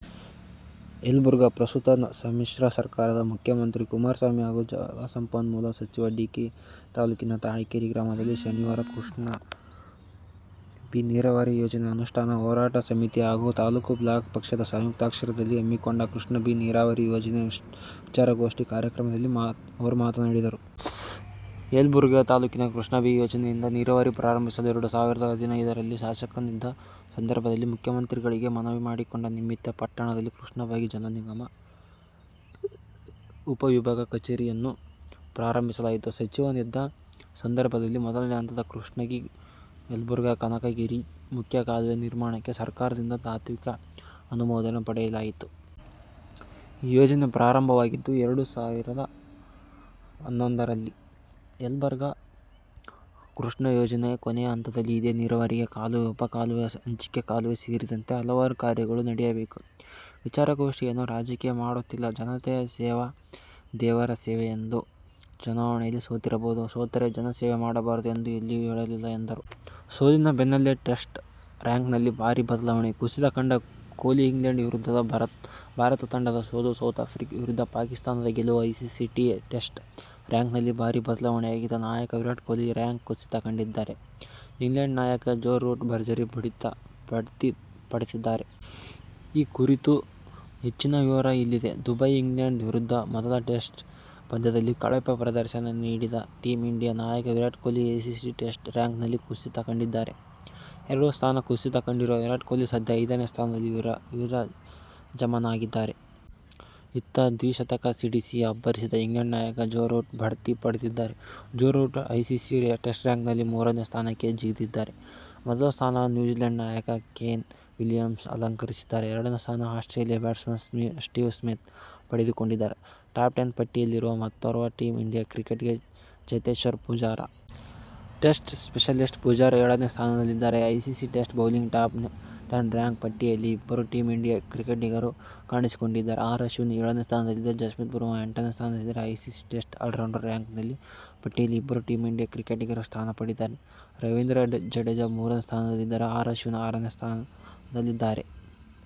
ಯಲಬುರ್ಗಾ: ಪ್ರಸ್ತುತ ಸಮ್ಮಿಶ್ರ ಸರಕಾರದ ಮುಖ್ಯಮಂತ್ರಿ ಕುಮಾರಸ್ವಾಮಿ ಹಾಗೂ ಜಲಸಂಪನ್ಮೂಲ ಸಚಿವ ಡಿ. ಕೆ. ತಾಲೂಕಿನ ತಾಳಕೇರಿ ಗ್ರಾಮದಲ್ಲಿ ಶನಿವಾರ ಕೃಷ್ಣಾ ಬಿ ನೀರಾವರಿ ಯೋಜನೆ ಅನುಷ್ಠಾನ ಹೋರಾಟ ಸಮಿತಿ ಹಾಗೂ ತಾಲೂಕ ಬ್ಲಾಕ್ ಪಕ್ಷದ ಸಯುಂಕ್ತಾಶ್ರಯದಲ್ಲಿ ಹಮ್ಮಿಕೊಂಡ ಕೃಷ್ಣಾ ಬಿ ನೀರಾವರಿ ಯೋಜನೆ ವಿಚಾರಗೋಷ್ಠಿ ಕಾರ್ಯಕ್ರಮದಲ್ಲಿ ಅವರು ಮಾತನಾಡಿದರು. ಯಲಬುರ್ಗಾ ತಾಲೂಕಿಗೆ ಕೃಷ್ಣಾ ಬಿ ಯೋಜನೆಯಿಂದ ನೀರಾವರಿ ಪ್ರಾರಂಭಿಸಲು ಎರಡು ಸಾವಿರದ ಹದಿನೈದರಲ್ಲಿ ಶಾಸಕನಿದ್ದ ಸಂದರ್ಭದಲ್ಲಿ ಮುಖ್ಯಮಂತ್ರಿಗಳಿಗೆ ಮನವಿ ಮಾಡಿಕೊಂಡ ನಿಮಿತ್ಯ ಪಟ್ಟಣದಲ್ಲಿ ಕೃಷ್ಣಾ ಭಾಗ್ಯ ಜಲನಿಗಮ ಉಪ-ವಿಭಾಗ ಕಚೇರಿಯನ್ನು ಪ್ರಾರಂಭಿಸಲಾಯಿತು. ಸಚಿವನಿದ್ದ ಸಂದರ್ಭದಲ್ಲಿ ಮೊದಲನೆ ಹಂತದ ಕುಷ್ಟಗಿ-ಯಲಬುರ್ಗಾ, ಕನಕಗರಿ ಮುಖ್ಯ ಕಾಲುವೆ ನಿರ್ಮಾಣಕ್ಕೆ ಸರಕಾರದಿಂದ ತಾತ್ವಿಕ ಅನುಮೋದನೆ ಪಡೆಯಲಾಯಿತು. ಯೋಜನೆ ಪ್ರಾರಂಭವಾಗಿದ್ದು ಎರಡು ಸಾವಿರದ ಹನ್ನೊಂದರಲ್ಲಿ. ಯಲಬುರ್ಗಾ ಕೃಷ್ಣಾ ಯೋಜನೆಯ ಕೊನೆಯ ಹಂತದಲ್ಲಿ ಇದೆ. ನೀರಾವರಿಗೆ ಕಾಲುವೆ, ಉಪಕಾಲುವೆ, ಹಂಚಿಕೆ ಕಾಲುವೆ ಸೇರಿದಂತೆ ಹಲವಾರು ಕಾರ್ಯಗಳು ನಡೆಯಬೇಕು. ವಿಚಾರಗೋಷ್ಠಿಯನ್ನು ರಾಜಕೀಯ ಮಾಡುತ್ತಿಲ್ಲ. ಜನತಯ ಸೇವೆ ದೇವರ ಸೇವೆ ಎಂದು. ಚುನಾವಣೆಯಲ್ಲಿ ಸೋತಿರಬಹುದು. ಸೋತರೇ ಜನಸೇವೆ ಮಾಡಬಾರದು ಎಂದು ಎಲ್ಲಿಯೂ ಹೇಳಿಲ್ಲ ಎಂದರು. ಸೋಲಿನ ಬೆನ್ನಲ್ಲೇ ಟೆಸ್ಟ್ ರ್ಯಾಂಕ್ನಲ್ಲಿ ಭಾರಿ ಬದಲಾವಣೆ; ಕುಸಿತ ಕಂಡ ಕೊಹ್ಲಿ ಇಂಗ್ಲೆಂಡ್ ವಿರುದ್ಧದ ಭಾರತ ತಂಡದ ಸೋಲು, ಸೌತ್ ಆಫ್ರಿಕಾ ವಿರುದ್ಧ ಪಾಕಿಸ್ತಾನದ ಗೆಲುವು ಐಸಿಸಿ ಟೆಸ್ಟ್ ರ್ಯಾಂಕ್ನಲ್ಲಿ ಭಾರಿ ಬದಲಾವಣೆಯಾಗಿದೆ. ನಾಯಕ ವಿರಾಟ್ ಕೊಹ್ಲಿ ರ್ಯಾಂಕ್ ಕುಸಿತ ಕಂಡಿದ್ದರೆ, ಇಂಗ್ಲೆಂಡ್ ನಾಯಕ ಜೋ ರೂಟ್ ಭರ್ಜರಿ ಬಡ್ತಿ ಪಡೆದಿದ್ದಾರೆ. ಈ ಕುರಿತ ಹೆಚ್ಚಿನ ವಿವರ ಇಲ್ಲಿದೆ. ದುಬೈ: ಇಂಗ್ಲೆಂಡ್ ವಿರುದ್ದ ಮೊದಲ ಟೆಸ್ಟ್ ಪಂದ್ಯದಲ್ಲಿ ಕಳಪೆ ಪ್ರದರ್ಶನ ನೀಡಿದ ಟೀಂ ಇಂಡಿಯಾ ನಾಯಕ ವಿರಾಟ್ ಕೊಹ್ಲಿ ಐಸಿಸಿ ಟೆಸ್ಟ್ ರ್ಯಾಂಕ್ನಲ್ಲಿ ಕುಸಿತ ಕಂಡಿದ್ದಾರೆ. ಎರಡು ಸ್ಥಾನ ಕುಸಿತ ಕಂಡಿರುವ ವಿರಾಟ್ ಕೊಹ್ಲಿ ಸದ್ಯ ಐದನೇ ಸ್ಥಾನದಲ್ಲಿ ವಿರಾಜಮಾನರಾಗಿದ್ದಾರೆ. ಇತ್ತ ದ್ವಿಶತಕ ಸಿಡಿಸಿ ಅಬ್ಬರಿಸಿದ ಇಂಗ್ಲೆಂಡ್ ನಾಯಕ ಜೋ ರೂಟ್ ಬಡ್ತಿ ಪಡೆದಿದ್ದಾರೆ. ಜೋ ರೂಟ್ ಐಸಿಸಿ ಟೆಸ್ಟ್ ರ್ಯಾಂಕಿಂಗ್ನಲ್ಲಿ ಮೂರನೇ ಸ್ಥಾನಕ್ಕೆ ಜಿಗಿದಿದ್ದಾರೆ. ಮೊದಲ ಸ್ಥಾನವನ್ನು ನ್ಯೂಜಿಲೆಂಡ್ ನಾಯಕ ಕೇನ್ ವಿಲಿಯಮ್ಸನ್ ಅಲಂಕರಿಸಿದ್ದಾರೆ. ಎರಡನೇ ಸ್ಥಾನ ಆಸ್ಟ್ರೇಲಿಯಾ ಬ್ಯಾಟ್ಸ್ಮನ್ ಸ್ಟೀವ್ ಸ್ಮಿತ್ ಪಡೆದುಕೊಂಡಿದ್ದಾರೆ. ಟಾಪ್ ಟೆನ್ ಪಟ್ಟಿಯಲ್ಲಿರುವ ಮತ್ತೋರ್ವ ಟೀಂ ಇಂಡಿಯಾ ಕ್ರಿಕೆಟಿಗ ಚೇತೇಶ್ಪರ್ ಪೂಜಾರ. ಟೆಸ್ಟ್ ಸ್ಪೆಷಲಿಸ್ಟ್ ಪೂಜಾರ ಏಳನೇ ಸ್ಥಾನದಲ್ಲಿದ್ದಾರೆ. ICC test bowling top ten rank ಪಟ್ಟಿಯಲ್ಲಿ ಇಬ್ಬರು ಟೀಂ ಇಂಡಿಯಾ ಕ್ರಿಕೆಟಿಗರು ಕಾಣಿಸಿಕೊಂಡಿದ್ದಾರೆ. ಆರ್ ಅಶ್ವಿನ್ ಏಳನೇ ಸ್ಥಾನದಲ್ಲಿದ್ದರೆ, ಜಸ್ಪ್ರೀತ್ ಬುಮ್ರಾ ಎಂಟನೇ ಸ್ಥಾನದಲ್ಲಿದ್ದಾರೆ. ಐಸಿಸಿ ಟೆಸ್ಟ್ ಆಲ್ರೌಂಡರ್ ರ್ಯಾಂಕಿಂಗ್ ಪಟ್ಟಿಯಲ್ಲಿ ಇಬ್ಬರು ಟೀಂ ಇಂಡಿಯಾ ಕ್ರಿಕೆಟಿಗರು ಸ್ಥಾನ ಪಡೆದಿದ್ದಾರೆ. ರವೀಂದ್ರ ಜಡೇಜಾ ಮೂರನೇ ಸ್ಥಾನದಲ್ಲಿದ್ದರೆ, ಆರ್ ಅಶ್ವಿನ್ ಆರನೇ ಸ್ಥಾನದಲ್ಲಿದ್ದಾರೆ.